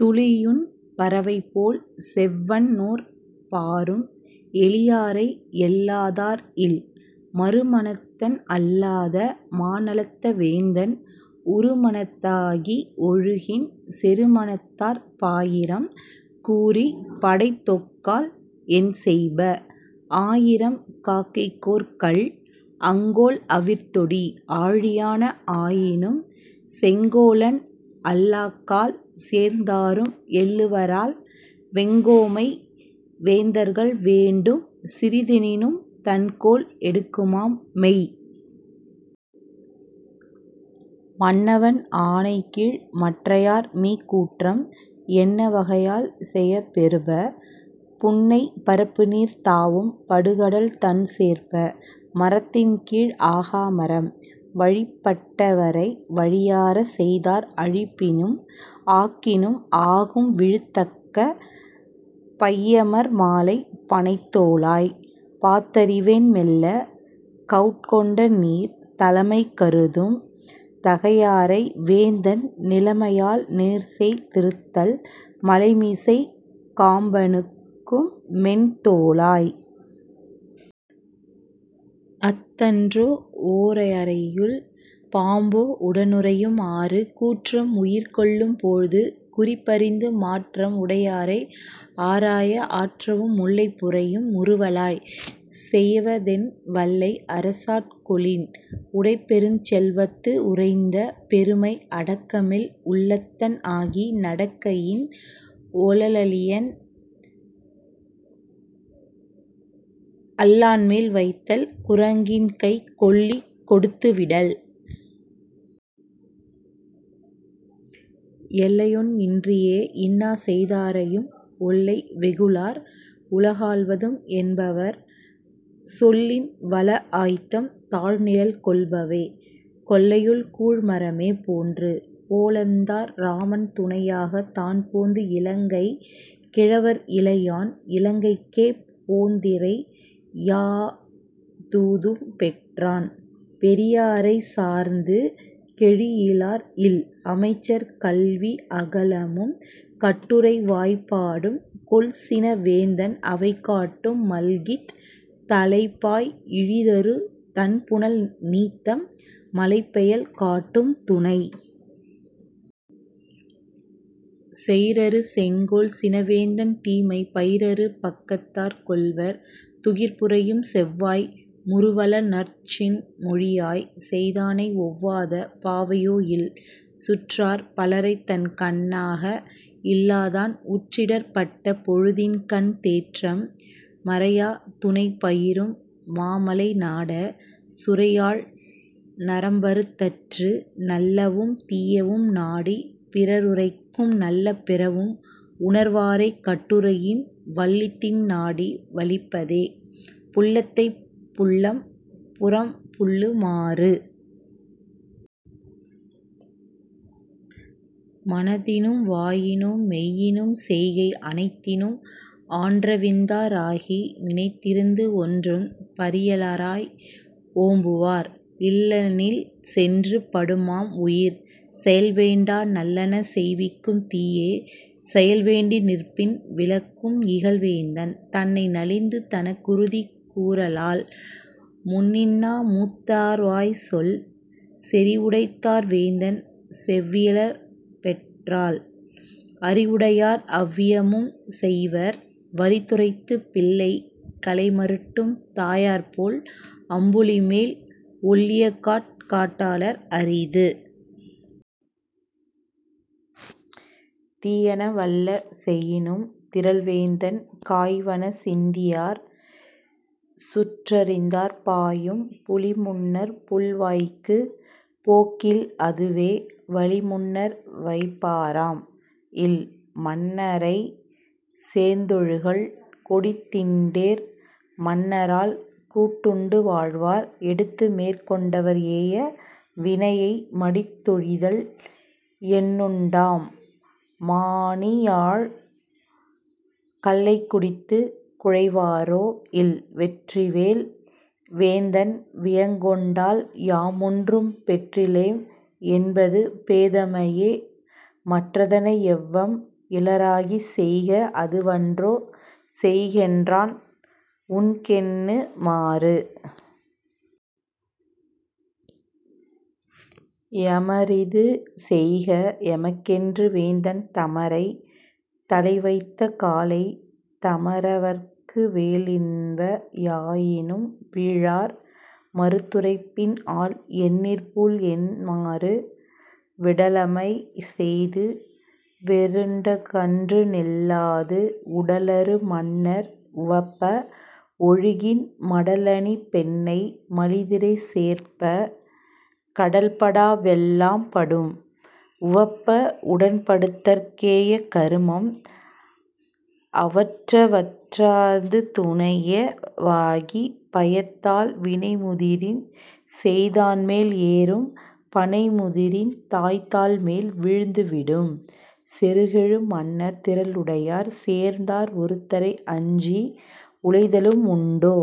துளியுண் பறவைபோல் செவ்வன்நோற் பாரும் 'எளியாரை எள்ளாதார் இல்'. மறுமனத்தன் அல்லாத மாநலத்த வேந்தன் உறுமனத்த னாகி ஒழுகின் செறுமனத்தார் பாயிரம் கூறிப் படைதொக்கால் என்செய்ப? 'ஆயிரம் காக்கைக்கோர் கல்'. அங்கோல் அவிர்தொடி! ஆழியான ஆயினும் செங்கோலன் அல்லாக்கால் சேர்ந்தாரும் எள்ளுவரால் வெங்கோன்மை வேந்தர்கள் வேண்டும் சிறிதெனினும் 'தண்கோல் எடுக்குமாம் மெய்'. மன்னவன் ஆணைக்கீழ் மற்றையார் மீக்கூற்றம் என்ன வகையால் செயப் பெறுப? புன்னைப் பரப்புநீர் தாவும் படுகடல் தண்சேர்ப்ப! 'மரத்தின்கீழ் ஆகா மரம்'. வழிபட் டவரை வலியாராச் செய்தார் அழிப்பினும் ஆக்கினும் ஆகும் விழுத்தக்க பையமர் மாலைப் பணைத்தோளாய்! பாத்தறிவென் மெல்லக் 'கவுட்கொண்ட நீர்'. தலைமை கருதும் தகையாரை வேந்தன் நிலைமையால் நேர்செய் திருத்தல் மலைமிசைக் காம்பனுக்கும் மென்தோளாய்! அஃதன்றோ 'ஓரயறையுள் பாம்போ உடனுறையும் ஆறு'. கூற்றம் உயிர்கொள்ளும் போழ்து குறிப்பறிந்து மாற்றம் உடையாரை ஆராயா ஆற்றவும் முல்லை புரையும் முறுவலாய்! 'செய்வதென் வல்லை அரசாட் கொளின்? ' உடைப்பெருஞ் செல்வத்து உரைந்த பெருமை அடக்கமில் உள்ளத்தன் ஆகி நடக்கையின் ஒளளளியன் அல்லான்மேல் வைத்தல் 'குரங்கின்கைக் கொள்ளி கொடுத்து விடல்'. எல்லையொன் இன்றியே இன்னாசெய் தாரையும் ஒல்லை வெகுளார் உலகாள்வதும் என்பவர் சொல்லின் வளஅய்த்தம் தாள்நிழல் கொள்பவே 'கொல்லையுள் கூழ்மரமே போன்று'. போலந்தார் இராமன் துணையாகத் தான்போந்து இலங்கைக் கிழவற் இளையான் இலங்கைக்கே போந்திறை யாதூஉம் பெற்றான் 'பெரியாரைச் சார்ந்து கெழீஇயிலார் இல்'.. அமைச்சர் கல்வி அகலமும் கட்டுரை வாய்பாடும் கொல்சின வேந்தன் அவைகாட்டும் மல்கித் தலைப்பாய் இழிதரு தண்புனல் 'நீத்தம் மலைப்பெயல் காட்டும் துணை'. செயிரறு செங்கோல் சினவேந்தன் தீமை பயிரறு பக்கத்தார் கொள்வர் துகிர்புரையும் செவ்வாய் முறுவலநற் சின்மொழியாய்! 'செய்தானை ஒவ்வாத பாவையோ இல்'. சுற்றார் பலரைத்தன் கண்ணாக இல்லாதான் உற்றிடர்ப் பட்ட பொழுதின்கண் தேற்றம் மரையா துணைபயிரும் மாமலை நாட! 'சுரையாழ் நரம்பறுத் தற்று'. நல்லவும் தீயவும் நாடிப் பிறருரைக்கும் நல்ல பிறவும் உணர்வாரைக் கட்டுரையின் வல்லிதின் நாடி வலிப்பதே 'புல்லத்தைப் புல்லம் புறம்புல்லு மாறு'. மனத்தினும் வாயினும் மெய்யினும் செய்கை அனைத்தினும் ஆன்றவிந்தா ராகி நினைத்திருந்து ஒன்றும் பரியலராய் 'ஓம்புவார் இல்லெனில் சென்று படுமாம் உயிர்'. செயல்வேண்டா நல்லன செய்விக்கும் தீய செயல்வேண்டி நிற்பின் விலக்கும் இகல்வேந்தன் தன்னை நலிந்து தனக்குறுதி கூறலால் 'முன்னின்னா மூத்தார்வாய்ச் சொல்'. செறிவுடைத் தார்வேந்தன் செவ்வியல பெற்றால் அறிவுடையார் அவ்வியமும் செய்வர் வறிதுரைத்துப் பிள்ளை களைமருட்டும் தாயர்போல் அம்புலிமேல் 'ஒள்ளியகாட் டாளர்க் அரிது'. தீயன வல்ல செயினும் திறல்வேந்தன் காய்வன சிந்தியார் சுற்றறிந்தார் பாயும் 'புலிமுன்னர் புல்வாய்க்குப் போக்கில் அதுவே வளிமுன்னர் வைப்பாராம் இல்'.. மன்னரைச் சேர்ந்தொழுகல் கொடித்திண்டேர் மன்னரால் கூட்டுண்டு வாழ்வார் எடுத்துமேற் கொண்டவர் ஏய வினையை மடித்தொழிதல் என்னுண்டாம்? மாணியாழ்ய்! 'கள்ளைக் குடித்துக் குழைவாரோ இல்'. வெற்றிவேல் வேந்தன் வியங்கொண்டால் யாமொன்றும் பெற்றிலேம் என்பது பேதைமையே மற்றதனை எவ்வம் இலராகிச் செய்க அதுவன்றோ 'செய்கென்றான் உண்கென்னு மாறு'. எமரிது செய்க எமக்கென்று வேந்தன் தமரைத் தலைவைத்த காலைத் தமரவற்கு வேலின்வா யாயினும் வீழார் மறுத்துரைப்பின் 'ஆல்என்னிற் பூல்என்னு மாறு'. விடலமை செய்து வெருண்டகன்று நில்லாது உடலரு மன்னர் உவப்ப ஒழுகின் மடலணி பெண்ணை மலிதிரை சேர்ப்ப! 'கடல்படா வெல்லாம் படும்'. உவப்ப உடன்படுத்தற் கேய கருமம் அவற்றவற் றாந்துணைய வாகிப் பயத்தால் வினைமுதிரின் செய்தான்மேல் ஏறும் பனைமுதிரின் தாய்தாள்மேல் வீழ்ந்து விடும்'. செருக்கெழு மன்னர் திறலுடையார் சேர்ந்தார் ஒருத்தரை அஞ்சி உலைதலும் உண்டோ?